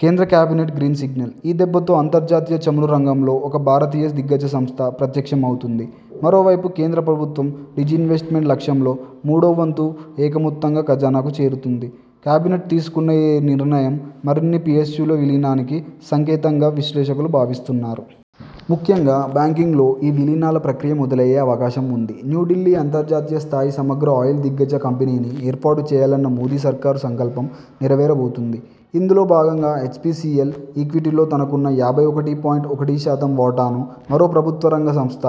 కేంద్ర cabinet green signal ఈ దెబ్బతో అంతర్జాతీయ చమురు రంగంలో ఒక భారతీయ దిగ్గజ సంస్థ ప్రత్యక్ష మవుతుంది. మరోవైపు కేంద్ర ప్రభుత్వ డిజిన్వెస్ట్మెంట్ లక్ష్యంలో మూడో వంతు ఏక మొత్తంగా ఖజానాకు చేరుతుంది. కేబినెట్ తీసుకున్న ఈ నిర్ణయం మరిన్ని పిఎస్యుల విలీనానికి సంకేతంగా విశ్లేషకులు భావిస్తున్నారు. ముఖ్యంగా బ్యాంకింగ్లో ఈ విలీనాల ప్రక్రియ మొదలయ్యే అవకాశం ఉంది. న్యూఢిల్లీ అంతర్జాతీయ స్థాయి సమగ్ర ఆయిల్ దిగ్గజ కంపెనీని ఏర్పాటు చేయాలన్న మోదీ సర్కార్ సంకల్పం నెరవేర బోతోంది. ఇందులో భాగంగా హెచ్పిసిఎల్ ఈక్విటీలో తనకున్న యాభై ఒకటి పాయింట్ ఒకటి శాతం వాటాను మరో ప్రభుత్వ రంగ సంస్థ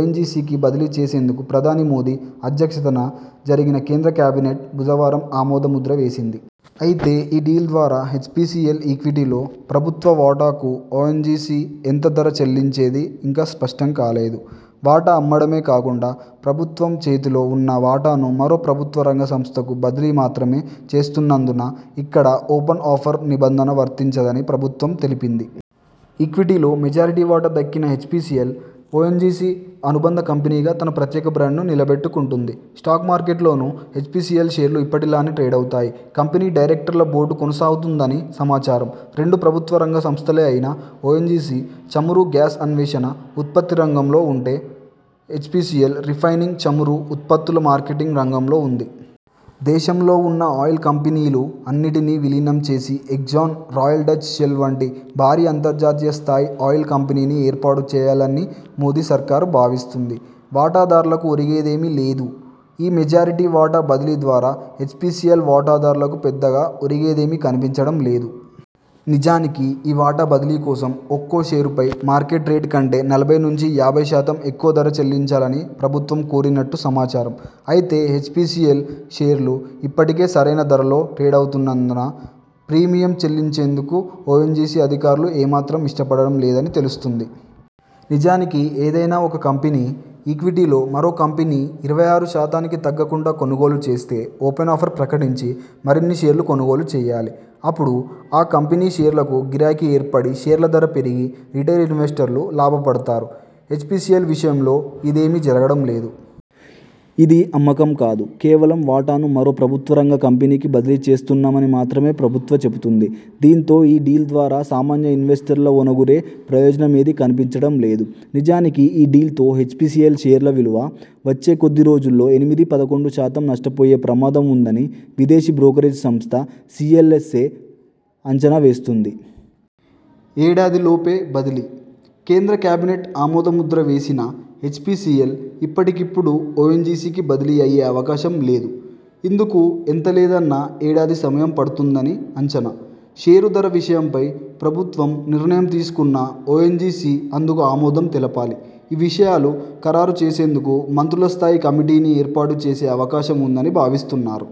ఔన్జిసికి బదిలీ చేసేందుకు ప్రధాని మోదీ అధ్యక్షతన జరిగిన కేంద్ర కేబినెట్ బుధవారం ఆమోద ముద్ర వేసింది. అయితే ఈ డీల్ ద్వారా హెచ్పిసిఎల్ ఈక్విటీలో ప్రభుత్వ వాటాకు ఔన్జిసి, ఎంత ధర చెల్లించేది ఇంకా స్పష్టం కాలేదు. వాటా అమ్మడమే కాకుండా ప్రభుత్వం చేతిలో ఉన్న వాటాను మరో ప్రభుత్వ రంగ సంస్థకు బదిలీ మాత్రమే చేస్తున్నందున, ఇక్కడ ఓపెన్ ఆఫర్ నిబంధన వర్తించదని ప్రభుత్వం తెలిపింది. ఈక్విటీలో మెజారిటీ వాటా దక్కినా హెచ్పిసిఎల్, ఔన్జిసి అనుబంధ కంపెనీగా తన ప్రత్యేక బ్రాండ్ను నిలబెట్టుకుంటుంది. స్టాక్ మార్కెట్లోనూ హెచ్పిసిఎల్ షేర్లు ఇప్పటిలానే ట్రేడవుతాయి. కంపెనీ డైరెక్టర్ల బోర్డూ కొనసాగుతుందని సమాచారం. రెండూ ప్రభుత్వ రంగ సంస్థలే అయినా ఔన్జిసి చమురు, గ్యాస్ అన్వేషణ, ఉత్పత్తి రంగంలో ఉంటే, హెచ్పిసిఎల్ రిఫైనింగ్, చమురు ఉత్పత్తుల మార్కెటింగ్ రంగంలో ఉంది. దేశంలో ఉన్న ఆయిల్ కంపెనీలు అన్నిటిని విలీనం చేసి ఎగ్జాన్, రాయల్ డచ్ షెల్ వంటి భారీ అంతర్జాతీయ స్థాయి ఆయిల్ కంపెనీని ఏర్పాటు చేయాలని మోదీ సర్కార్ భావిస్తోంది. వాటా దార్లకు ఒరిగేదీమీ లేదు ఈ మెజారిటీ వాటా బదిలీ ద్వారా హెచ్పిసిఎల్ వాటాదారులకు పెద్దగా ఒరిగేదేమీ కనిపించడం లేదు. నిజానికి ఈ వాటా బదిలీ కోసం, ఒక్కో షేరుపై మార్కెట్ రేటు కంటే నలభై నుంచి యాభై శాతం ఎక్కువ ధర చెల్లించాలని ప్రభుత్వం కోరినట్టు సమాచారం. అయితే హెచ్పిసిఎల్ షేర్లు ఇప్పటికే సరైన ధరలో ట్రేడవుతున్నందున ప్రీమియం చెల్లించేందుకు ఔన్జిసి అధికారులు ఏ మాత్రం ఇష్టపడటం లేదని తెలుస్తోంది. నిజానికి ఏదైనా ఒక కంపెనీ ఈక్విటీలో మరో కంపెనీ ఇరవై ఆరు శాతానికి తగ్గకుండా కొనుగోలు చేస్తే ఓపెన్ ఆఫర్ ప్రకటించి మరిన్ని షేర్లు కొనుగోలు చేయాలి. అపుడు ఆ కంపెనీ షేర్లకు గిరాకీ ఏర్పడి షేర్ల ధర పెరిగి రిటైల్ ఇన్వెస్టర్లూ లాభపడతారు. హెచ్పిసిఎల్ విషయంలో ఇదే మీ జరగడం లేదు. ఇది అమ్మకం కాదు, కేవలం వాటాను మరో ప్రభుత్వ రంగ కంపెనీకి బదిలీ చేస్తున్నామని మాత్రమే ప్రభుత్వ చెబుతోంది. దీంతో ఈ డీల్ ద్వారా సామాన్య ఇన్వెస్టర్ల ఒనగూరే ప్రయోజన మేదీ కనిపించడం లేదు. నిజానికి ఈ డీల్తో హెచ్పిసిఎల్ షేర్ల విలువ వచ్చే కొద్ది రోజుల్లో ఎనిమిది పదకొండు శాతం నష్ట పోయే ప్రమాదం ఉందని విదేశీ బ్రోకరేజ్ సంస్థ సిఎల్ఎస్ ఎ అంచనా వేస్తోంది. ఏడాది లోపే బదిలీ! కేంద్ర కేబినెట్ ఆమోద ముద్ర వేసినా హెచ్పిసిఎల్ ఇప్పటికిప్పుడు ఔన్జిసికి బదిలీ అయ్యే అవకాశం లేదు. ఇందుకు ఎంత లేదన్నా ఏడాది సమయం పడుతుందని అంచనా. షేరు ధర విషయంపై ప్రభుత్వం నిర్ణయం తీసుకున్నా, ఔన్జిసి అందుకు ఆమోదం తెలపాలి. ఈ విషయాలు ఖరారు చేసేందుకు మంత్రుల స్థాయి కమిటీని ఏర్పాటు చేసే అవకాశం ఉందని భావిస్తున్నారు.